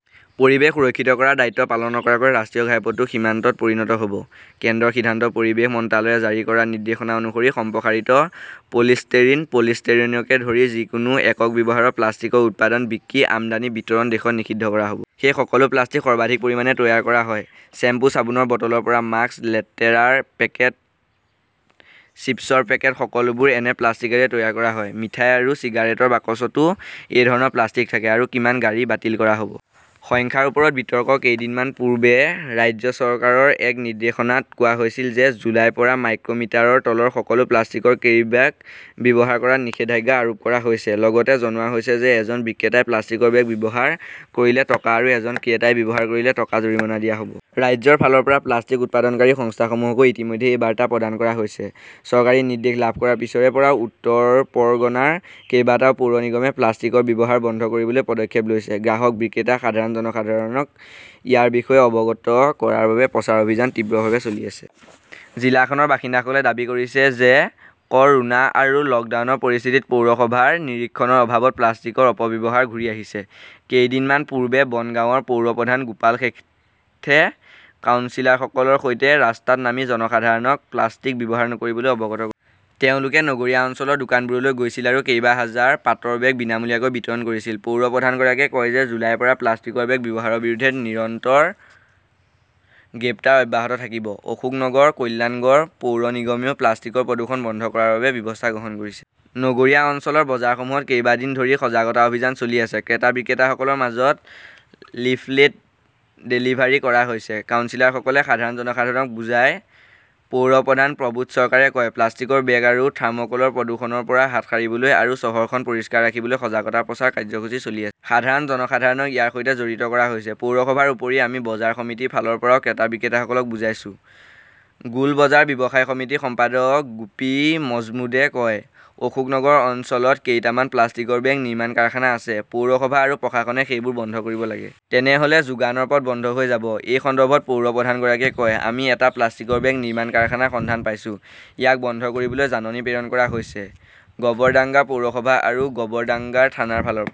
পৰিৱেশ সুৰক্ষিত কৰাৰ দায়িত্ব পালন নকৰাকৈ ৰাষ্ট্ৰীয় ঘাইপথটো সীমান্তত পৰিণত হ "ব, কেন্দ্ৰৰ সিদ্ধান্ত পৰিৱেশ মন্ত্ৰালয়ে জাৰি কৰা নিৰ্দেশনা অনুসৰি, সম্প্ৰসাৰিত পলিষ্টেৰিন, পলিষ্টেৰিনকে ধৰি যিকোনো একক ব্যৱহাৰৰ প্লাষ্টিকৰ উৎপাদন, বিক্ৰী, আমদানি, বিতৰণ দেশত নিষিদ্ধ কৰা হ 'ব। সেই সকলো প্লাষ্টিক সৰ্বাধিক পৰিমাণে তৈয়াৰ কৰা হয়। শ্বেম্পু, চাবোনৰ বটলৰ পৰা মাস্ক, লেতেৰাৰ পেকেট, চিপছৰ পেকেট-সকলোবোৰ এনে প্লাষ্টিকৰে তৈয়াৰ কৰা হয়। মিঠাই আৰু চিগাৰেটৰ বাকচতো এই ধৰণৰ প্লাষ্টিক থাকে। আৰু কিমান গাড়ী বাতিল কৰা হ "ব? সংখ্যাৰ ওপৰত বিতৰ্ক কেইদিনমান পূৰ্বে ৰাজ্য চৰকাৰৰ এক নিৰ্দেশনাত কোৱা হৈছিল যে জুলাইৰ পৰা মাইক্ৰ "মিটাৰৰ তলৰ সকলো প্লাষ্টিকৰ কেৰিব্যাগ ব্যৱহাৰ কৰাত নিষেধাজ্ঞা আৰোপ কৰা হৈছে। লগতে জনোৱা হৈছে যে এজন বিক্ৰেতাই প্লাষ্টিকৰ বেগ ব্যৱহাৰ কৰিলে টকা আৰু এজন ক্ৰেতাই ব্যৱহাৰ কৰিলে টকা জৰিমনা দিয়া হ 'ব। ৰাজ্যৰ ফালৰ পৰা প্লাষ্টিক উৎপাদনকাৰী সংস্থাসমূহকো ইতিমধ্যে এই বাৰ্তা প্ৰদান কৰা হৈছে। চৰকাৰী নিৰ্দেশ লাভ কৰাৰ পিছৰে পৰা উত্তৰ পৰগনাৰ কেইবাটাও পৌৰ নিগমে প্লাষ্টিকৰ ব্যৱহাৰ বন্ধ কৰিবলৈ পদক্ষেপ লৈছে। গ্ৰাহক-বিক্ৰেতা, সাধাৰণ জনসাধাৰণক ইয়াৰ বিষয়ে অৱগত কৰাৰ বাবে প্ৰচাৰ অভিযান তীব্ৰভাৱে চলি আছে। জিলাখনৰ বাসিন্দাসকলে দাবী কৰিছে যে ক "ৰোনা আৰু লকডাউনৰ পৰিস্থিতিত পৌৰসভাৰ নিৰীক্ষণৰ অভাৱত প্লাষ্টিকৰ অপব্যৱহাৰ ঘূৰি আহিছে। কেইদিনমান পূৰ্বে বনগাঁৱৰ পৌৰ প্ৰধান গোপাল শেঠে কাউন্সিলৰসকলৰ সৈতে ৰাস্তাত নামি জনসাধাৰণক প্লাষ্টিক ব্যৱহাৰ নকৰিবলৈ অৱগত কৰিছিল। তেওঁলোকে নগৰীয়া অঞ্চলৰ দোকানবোৰলৈ গৈছিল আৰু কেইবা হাজাৰ পাটৰ বেগ বিনামূলীয়াকৈ বিতৰণ কৰিছিল। পৌৰ প্ৰধানগৰাকীয়ে কয় যে জুলাইৰ পৰা প্লাষ্টিকৰ বেগ ব্যৱহাৰৰ বিৰুদ্ধে নিৰন্তৰ গ্ৰেপ্তাৰ অব্যাহত থাকিব। অশোকনগৰ-কল্যাণগড় পৌৰ নিগমেও প্লাষ্টিকৰ প্ৰদূষণ বন্ধ কৰাৰ বাবে ব্যৱস্থা গ্ৰহণ কৰিছে। নগৰীয়া অঞ্চলৰ বজাৰসমূহত কেইবা দিন ধৰি সজাগতা অভিযান চলি আছে। ক্ৰেতা-বিক্ৰেতাসকলৰ মাজত লিফলেট ডেলিভাৰী কৰা হৈছে। কাউন্সিলৰসকলে সাধাৰণ জনসাধাৰণক বুজায়। পৌৰ প্ৰধান প্ৰবোধ চৰকাৰে কয়, "প্লাষ্টিকৰ বেগ আৰু থাৰ্মোকলৰ প্ৰদূষণৰ পৰা হাত সাৰিবলৈ আৰু চহৰখন পৰিষ্কাৰ ৰাখিবলৈ সজাগতা প্ৰচাৰ কাৰ্যসূচী চলি আছে। সাধাৰণ জনসাধাৰণক ইয়াৰ সৈতে জড়িত কৰা হৈছে। "পৌৰসভাৰ উপৰিও, আমি বজাৰ সমিতিৰ ফালৰ পৰাও ক্ৰেতা-বিক্ৰেতাসকলক বুজাইছো", গোল বজাৰ ব্যৱসায়ী সমিতিৰ সম্পাদক গুপি মজমুদ্ৰে কয়। অশোকনগৰ অঞ্চলত কেইটামান প্লাষ্টিকৰ বেগ নিৰ্মাণ কাৰখানা আছে। পৌৰসভা আৰু প্ৰশাসনে সেইবোৰ বন্ধ কৰিব লাগে। তেনেহ "লে যোগানৰ পথ বন্ধ হৈ যাব। "এই সন্দৰ্ভত পৌৰ প্ৰধানগৰাকীয়ে কয়", আমি এটা প্লাষ্টিকৰ বেগ নিৰ্মাণ কাৰখানাৰ সন্ধান পাইছো। ইয়াক বন্ধ কৰিবলৈ জাননী প্ৰেৰণ কৰা হৈছে। "গৱৰডাংগা পৌৰসভা আৰু গৱৰডাংগাৰ থানাৰ ফালৰ পৰা